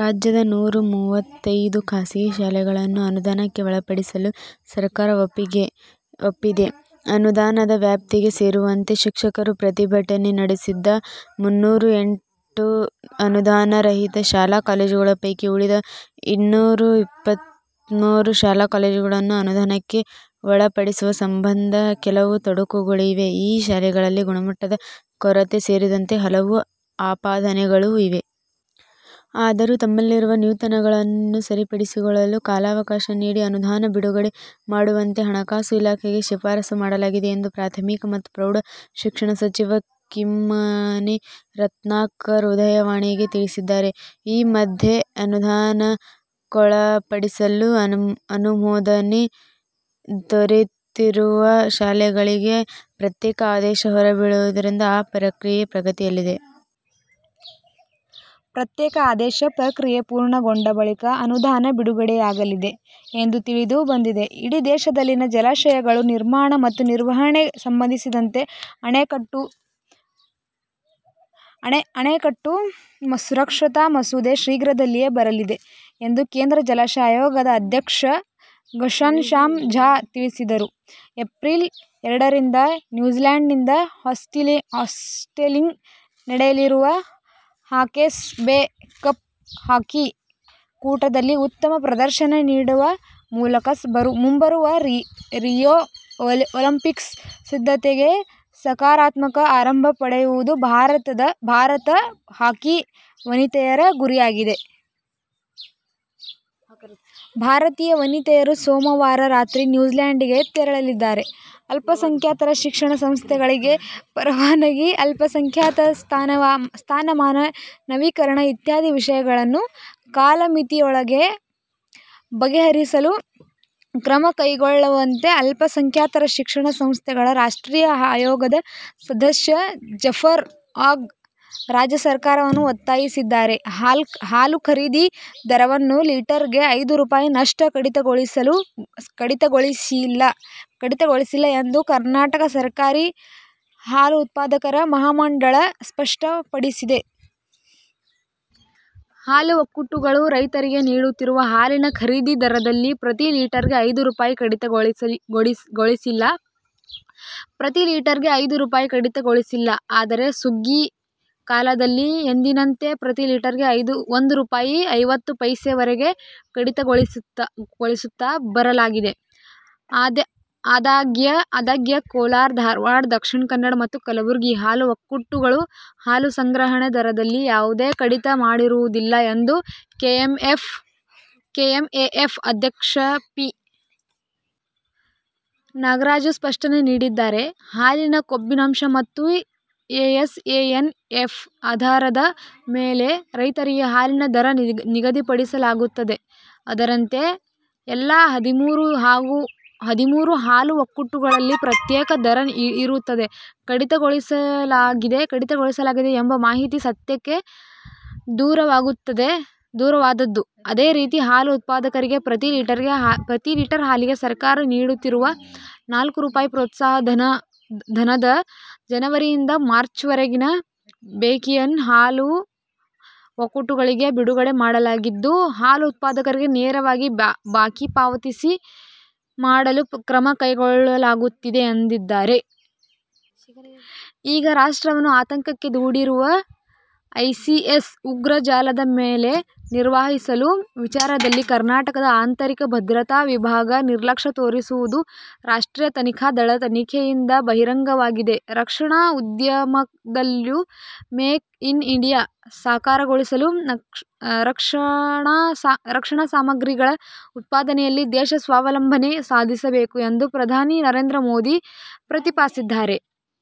ರಾಜ್ಯದ ನೂರ ಮೂವತ್ತೈದು ಖಾಸಗಿ ಶಾಲೆಗಳನ್ನು ಅನುದಾನಕ್ಕೆ ಒಳಪಡಿಸಲು ಸರ್ಕಾರ ಒಪ್ಪಿದೆ. ಅನುದಾನದ ವ್ಯಾಪ್ತಿಗೆ ಸೇರಿಸುವಂತೆ ಶಿಕ್ಷಕರು ಪ್ರತಿಭಟನೆ ನಡೆಸಿದ್ದ ಮುನ್ನೂರ ಎಂಟು ಅನುದಾನ ರಹಿತ ಶಾಲಾ ಕಾಲೇಜುಗಳ ಪೈಕಿ ಉಳಿದ ಇನ್ನೂರ ಎಪ್ಪತ್ಮೂರು ಶಾಲಾ- ಕಾಲೇಜುಗಳನ್ನು ಅನುದಾನಕ್ಕೆ ಒಳಪಡಿಸುವ ಸಂಬಂಧ ಕೆಲವು ತೊಡಕುಗಳಿವೆ. ಈ ಶಾಲೆಗಳಲ್ಲಿ ಗುಣಮಟ್ಟದ ಕೊರತೆ ಸೇರಿದಂತೆ ಹಲವು ಆಪಾದನೆಗಳೂ ಇವೆ. ಆದರೂ ತಮ್ಮಲ್ಲಿರುವ ನ್ಯೂನತೆಗಳನ್ನು ಸರಿಪಡಿಸಿಕೊಳ್ಳಲು ಕಾಲಾವಕಾಶ ನೀಡಿ ಅನುದಾನ ಬಿಡುಗಡೆ ಮಾಡುವಂತೆ ಹಣಕಾಸು ಇಲಾಖೆಗೆ ಶಿಫಾರಸು ಮಾಡಲಾಗಿದೆ ಎಂದು ಪ್ರಾಥಮಿಕ ಮತ್ತು ಪ್ರೌಢ ಶಿಕ್ಷಣ ಸಚಿವ ಕಿಮ್ಮನೆ ರತ್ನಾಕರ '''ಉದಯವಾಣಿ''ಗೆ ತಿಳಿಸಿದ್ದಾರೆ. ಈ ಮಧ್ಯೆ ಅನುದಾನಕ್ಕೊಳಪಡಿಸಲು ಅನುಮೋದನೆ ದೊರೆತಿರುವ ಶಾಲೆಗಳಿಗೆ ಪ್ರತ್ಯೇಕ ಆದೇಶ ಹೊರಬೀಳುವುದರಿಂದ ಆ ಪ್ರಕ್ರಿಯೆ ಪ್ರಗತಿಯಲ್ಲಿದೆ. ಪ್ರತ್ಯೇಕ ಆದೇಶ ಪ್ರಕ್ರಿಯೆ ಪೂರ್ಣಗೊಂಡ ಬಳಿಕ ಅನುದಾನ ಬಿಡುಗಡೆಯಾಗಲಿದೆ ಎಂದು ತಿಳಿದು ಬಂದಿದೆ. ಇಡೀ ದೇಶದಲ್ಲಿನ ಜಲಾಶಯಗಳ ನಿರ್ಮಾಣ ಮತ್ತು ನಿರ್ವಹಣೆಗೆ ಸಂಬಂಧಿಸಿದಂತೆ "ಅಣೆಕಟ್ಟೆ ಸುರಕ್ಷತಾ ಮಸೂದೆ' ಶೀಘ್ರದಲ್ಲೇ ಬರಲಿದೆ ಎಂದು ಕೇಂದ್ರ ಜಲ ಆಯೋಗದ ಅಧ್ಯಕ್ಷ ಘನಶ್ಯಾಮ್ ಝಾ ತಿಳಿಸಿದರು. ಎಪ್ರಿಲ್ ಎರಡರಿಂದ ನ್ಯೂಜಿಲ್ಯಾಂಡಿನ ಹಾಸ್ಟಿಂಗ್ಸ್ನಲ್ಲಿ ನಡೆಯಲಿರುವ ಹಾಕೆಸ್ ಬೇ ಕಪ್ ಹಾಕಿ ಕೂಟದಲ್ಲಿ ಉತ್ತಮ ಪ್ರದರ್ಶನ ನೀಡುವ ಮೂಲಕ ಮುಂಬರುವ ರಿಯೋ ಒಲಿಂಪಿಕ್ಸ್ ಸಿದ್ಧತೆಗೆ ಸಕಾರಾತ್ಮಕ ಆರಂಭ ಪಡೆಯುವುದು ಭಾರತ ಹಾಕಿ ವನಿತೆಯರ ಗುರಿಯಾಗಿದೆ. ಭಾರತೀಯ ವನಿತೆಯರು ಸೋಮವಾರ ರಾತ್ರಿ ನ್ಯೂಜಿಲ್ಯಾಂಡಿಗೆ ತೆರಳಲಿದ್ದಾರೆ. ಅಲ್ಪಸಂಖ್ಯಾತರ ಶಿಕ್ಷಣ ಸಂಸ್ಥೆಗಳಿಗೆ ಪರವಾನಗಿ, ಅಲ್ಪಸಂಖ್ಯಾತ ಸ್ಥಾನಮಾನ, ನವೀಕರಣ ಇತ್ಯಾದಿ ವಿಷಯಗಳನ್ನು ಕಾಲಮಿತಿಯೊಳಗೆ ಬಗೆಹರಿಸಲು ಕ್ರಮ ಕೈಗೊಳ್ಳುವಂತೆ ಅಲ್ಪಸಂಖ್ಯಾತರ ಶಿಕ್ಷಣ ಸಂಸ್ಥೆಗಳ ರಾಷ್ಟ್ರೀಯ ಆಯೋಗದ ಸದಸ್ಯ ಜಫರ್ ಆಗಾ ರಾಜ್ಯ ಸರ್ಕಾರವನ್ನು ಒತ್ತಾಯಿಸಿದ್ದಾರೆ. ಹಾಲು ಖರೀದಿ ದರವನ್ನು ಲೀಟರ್ಗೆ ಐದು ರೂಪಾಯಿ ನಷ್ಟು ಕಡಿತಗೊಳಿಸಿಲ್ಲ ಎಂದು ಕರ್ನಾಟಕ ಸಹಕಾರಿ ಹಾಲು ಉತ್ಪಾದಕರ ಮಹಾಮಂಡಳ ಸ್ಪಷ್ಟಪಡಿಸಿದೆ. ಹಾಲು ಒಕ್ಕೂಟಗಳು ರೈತರಿಗೆ ನೀಡುತ್ತಿರುವ ಹಾಲಿನ ಖರೀದಿ ದರದಲ್ಲಿ ಪ್ರತಿ ಲೀಟರ್ಗೆ ಐದು ರೂಪಾಯಿ ಕಡಿತಗೊಳಿಸಿಲ್ಲ. ಆದರೆ, ಸುಗ್ಗಿ ಕಾಲದಲ್ಲಿ ಎಂದಿನಂತೆ ಪ್ರತಿ ಲೀಟರ್ಗೆ ಒಂದು ರೂಪಾಯಿ ಐವತ್ತು ಪೈಸೆವರೆಗೆ ಕಡಿತಗೊಳಿಸುತ್ತಾ ಬರಲಾಗಿದೆ. ಅದಾಗ್ಯೂ ಕೋಲಾರ, ಧಾರವಾಡ, ದಕ್ಷಿಣ ಕನ್ನಡ ಮತ್ತು ಕಲಬುರಗಿ ಹಾಲು ಒಕ್ಕೂಟಗಳು ಹಾಲು ಸಂಗ್ರಹಣೆ ದರದಲ್ಲಿ ಯಾವುದೇ ಕಡಿತ ಮಾಡಿರುವುದಿಲ್ಲ ಎಂದು ಕೆಎಂಎಫ್ ಅಧ್ಯಕ್ಷ ಪಿ. ನಾಗರಾಜು ಸ್ಪಷ್ಟನೆ ನೀಡಿದ್ದಾರೆ. ಹಾಲಿನ ಕೊಬ್ಬಿನಾಂಶ ಮತ್ತು ಎಸ್ಎನ್ಎಫ್ ಆಧಾರದ ಮೇಲೆ ರೈತರಿಗೆ ಹಾಲಿನ ದರ ನಿಗದಿಪಡಿಸಲಾಗುತ್ತದೆ. ಅದರಂತೆ ಎಲ್ಲಾ ಹದಿಮೂರು ಹಾಲು ಒಕ್ಕೂಟಗಳಲ್ಲಿ ಪ್ರತ್ಯೇಕ ದರ ಇರುತ್ತದೆ. ಕಡಿತಗೊಳಿಸಲಾಗಿದೆ ಎಂಬ ಮಾಹಿತಿ ಸತ್ಯಕ್ಕೆ ದೂರವಾದದ್ದು. ಅದೇ ರೀತಿ ಹಾಲು ಉತ್ಪಾದಕರಿಗೆ ಪ್ರತಿ ಲೀಟರ್ ಹಾಲಿಗೆ ಸರ್ಕಾರ ನೀಡುತ್ತಿರುವ ನಾಲ್ಕು ರೂಪಾಯಿ ಪ್ರೋತ್ಸಾಹಧನದ ಜನವರಿಯಿಂದ ಮಾರ್ಚ್ವರೆಗಿನ ಬಾಕಿಯನ್ನು ಹಾಲು ಒಕ್ಕೂಟಗಳಿಗೆ ಬಿಡುಗಡೆ ಮಾಡಲಾಗಿದ್ದು, ಹಾಲು ಉತ್ಪಾದಕರಿಗೆ ನೇರವಾಗಿ ಬಾಕಿ ಪಾವತಿ ಮಾಡಲು ಕ್ರಮ ಕೈಗೊಳ್ಳಲಾಗುತ್ತಿದೆ ಎಂದಿದ್ದಾರೆ. ಈಗ ರಾಷ್ಟ್ರವನ್ನು ಆತಂಕಕ್ಕೆ ದೂಡಿರುವ ಐಸಿಸ್ ಉಗ್ರ ಜಾಲದ ಮೇಲೆ ನಿಗಾವಹಿಸುವ ವಿಚಾರದಲ್ಲಿ ಕರ್ನಾಟಕದ ಆಂತರಿಕ ಭದ್ರತಾ ವಿಭಾಗ ನಿರ್ಲಕ್ಷ್ಯ ತೋರಿರುವುದು ರಾಷ್ಟ್ರೀಯ ತನಿಖಾ ದಳದ ತನಿಖೆಯಿಂದ ಬಹಿರಂಗವಾಗಿದೆ. ರಕ್ಷಣಾ ಉದ್ಯಮದಲ್ಲೂ ಮೇಕ್ ಇನ್ ಇಂಡಿಯಾ ಸಾಕಾರಗೊಳಿಸಲು ರಕ್ಷಣಾಸಾಮಗ್ರಿಗಳ ಉತ್ಪಾದನೆಯಲ್ಲಿ ದೇಶ ಸ್ವಾವಲಂಬನೆ ಸಾಧಿಸಬೇಕು ಎಂದು ಪ್ರಧಾನಿ ನರೇಂದ್ರ ಮೋದಿ ಪ್ರತಿಪಾದಿಸಿದ್ದಾರೆ.